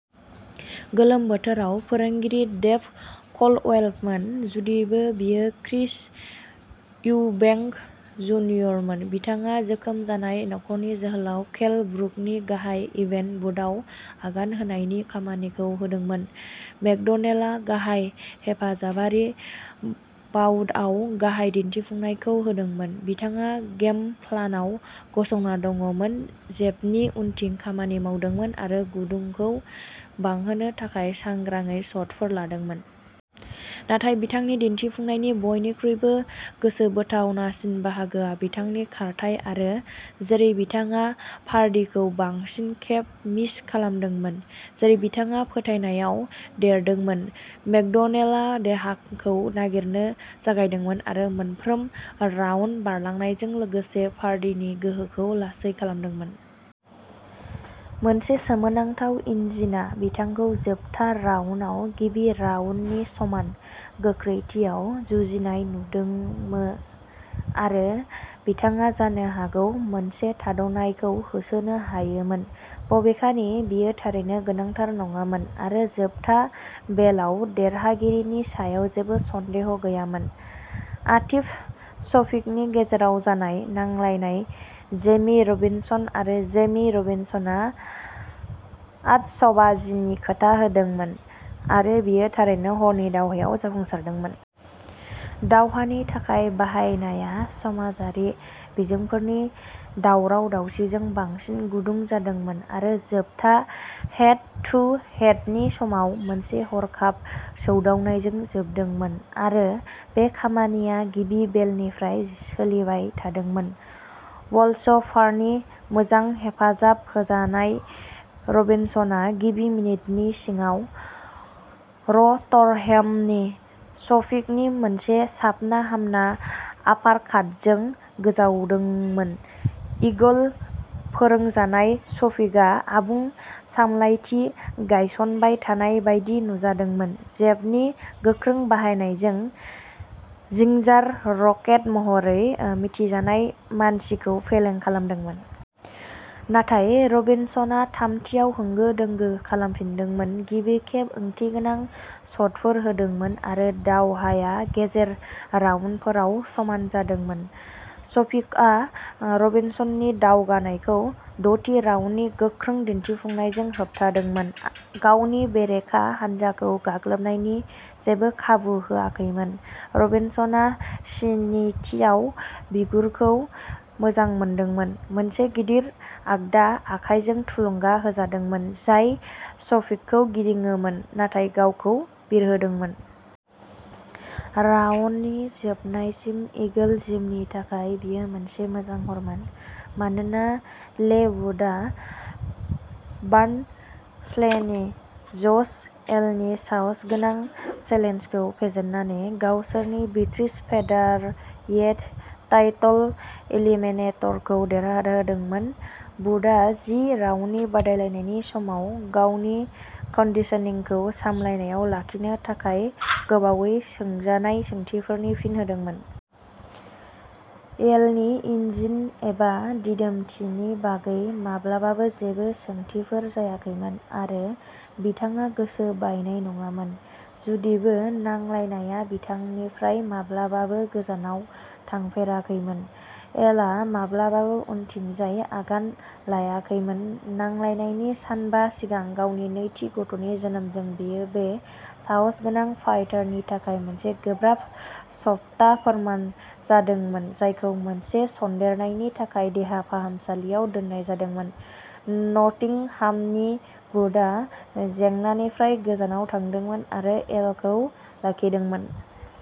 गोलोम बोथोराव फोरोंगिरि डेभ क'ल्डवेलमोन। जुदिबो बेयो क्रिस इउबेंक जुनियरमोन बिथांङा जोखोम जानाय नख'रनि जोहोलाव केल ब्रुकनि गाहाय इभेन्ट बुटआव आगान होनायनि खामानिखौ होदोंमोन मेकड'नेलआ गाहाय हेफाजाबारि बाउटआव गाहाय दिन्थिफुंनायखौ होदोंमोन। बिथाङा गेम प्लानआव गसंना दंमोन जेबनि उनथिं खामानि मावदोंमोन आरो गुदुंखौ बांहोनो थाखाय सांग्राङै शटफोर लादोंमोन। नाथाय बिथांनि दिन्थिफुंनायनि बयनिख्रुइबो गोसोबोथावसिन बाहागोआ बिथांनि खारथाइ आरो जेरै बिथाङा पार'डीखौ बांसिन खेब मिस खालामदोंमोन जेरै बिथाङा फोथायनायाव देरदोंमोन मेकड'नेलआ देहाखौ नागिरनो जागायदोंमोन आरो मोनफ्रोम राउन्ड बारलांनायजों लोगोसे पार'डीनि गोहोखौ लासै खालामदोंमोन। मोनसे सोमोनांथाव इन्जिनआ बिथांखौ जोबथा राउन्डआव गिबि राउन्डनि समान गोख्रैथियाव जुजिनाय नुदोंमोआरो बिथाङा जानो हागौ मोनसे थाद'नायखौ होसोनो हायोमोन बबेखानि बेयो थारैनो गोनांथार नङामोन आरो जोबथा बेलआव देरहागिरिनि सायाव जेबो सन्देह गैयामोन। आतिफ शफिकनि गेजेराव जानाय नांलायनाय जेमी रबिनसन आरो जेमी रबिनसनआ आतसबाजिनि खोथा होदोंमोन आरो बेयो थारैनो हरनि दावहायाव जाफुंसारदोंमोन। दावहानि थाखाय बानायनाया समाजारि बिजोंफोरनि दावराव-दावसिजों बांसिन गुदुं जादोंमोन आरो जोबथा हेड टु हेडनि समाव मोनसे हरखाब सौदावनायजों जोबदोंमोन आरो बे खामानिया गिबि बेलनिफ्राय सोलिबाय थादोंमोन बलस'भारनि मोजां हेफाजाब होजानाय रबिनसनआ गिबि मिनिटनि सिङाव र'थरहेमनि शफिकनि मोनसे साबना हामना आपारकाटजों गोजावजादोंमोन इंगल फोरोंजानाय शफिकआ आबुं सामलायथि गायसनबाय थानाय बायदि नुजादोंमोन जेबनि गोख्रों बाहायनायजों'जिंजार रकेट'महरै ओ मिथिजानाय मानसिखौ फेलें खालामदोंमोन। नाथाय रबिनसनआ थामथिआव होंगो दोंगो खालामफिनदोंमोन गिबि खेब ओंथिगोनां शटफोर होदोंमोन आरो दावहाया गेजेर राउन्डफोराव समान जादोंमोन। शफिकआ ओ रबिनसननि दावगानायखौ द'थि राउन्डनि गोख्रों दिन्थिफुंनायजों होबथादोंमोन गावनि बेरेखा हान्जाखौ गाग्लोबनायनि जेबो खाबु होआखैमोन। रबिनसनआ स्निथिआव बिगुरखौ मोजां मोनदोंमोन मोनसे गिदिर आगदा आखायजों थुलुंगा होजादोंमोन जाय शफिकखौ गिदिङोमोन नाथाय गावखौ बिरहोदोंमोन। राउन्डनि जोबनायसिम इंगल जिमनि थाखाय बेयो मोनसे मोजां हरमोन मानोना लेइ वुडआ बार्नस्लेनि जश वेलनि साहसगोनां चेलेन्जखौ फेजेननानै गावसोरनि ब्रिटिश फेदारवेट टाइटल एलिमिनेटरखौ देरहादोंमोन। वुडआ जि राउन्डनि बादायलायनायनि समाव गावनि कन्डिशनिंखौ सामलायनायाव लाखिनो थाखाय गोबावै सोंजानाय सोंथिफोरनि फिन होदोंमोन। वेलनि इन्जिन एबा दिदोमथिनि बागै माब्लाबाबो जेबो सोंथिफोर जायाखैमोन आरो बिथाङा गोसो बायनाय नङामोन। जुदिबो नांलायनाया बिथांनिफ्राय माब्लाबाबो गोजानाव थाफेराखैमोन वेलआ माब्लाबाबो उनथिंजाय आगान लायाखैमोन। नांलायनायनि सानबा सिगां गावनि नैथि गथ'नि जोनोमजों बेयो बे साहसगोनां फाइटारनि थाखाय मोनसे गोब्राब सप्ता फोरमान जादोंमोन जायखौ मोनसे सन्देरनायनि थाखाय देहा फाहामसालियाव दोननाय जादोंमोन। नटिंहामनि वुडआ जेंनानिफ्राय गोजानाव थादोंमोन आरो वेलखौ लाखिदोंमोन।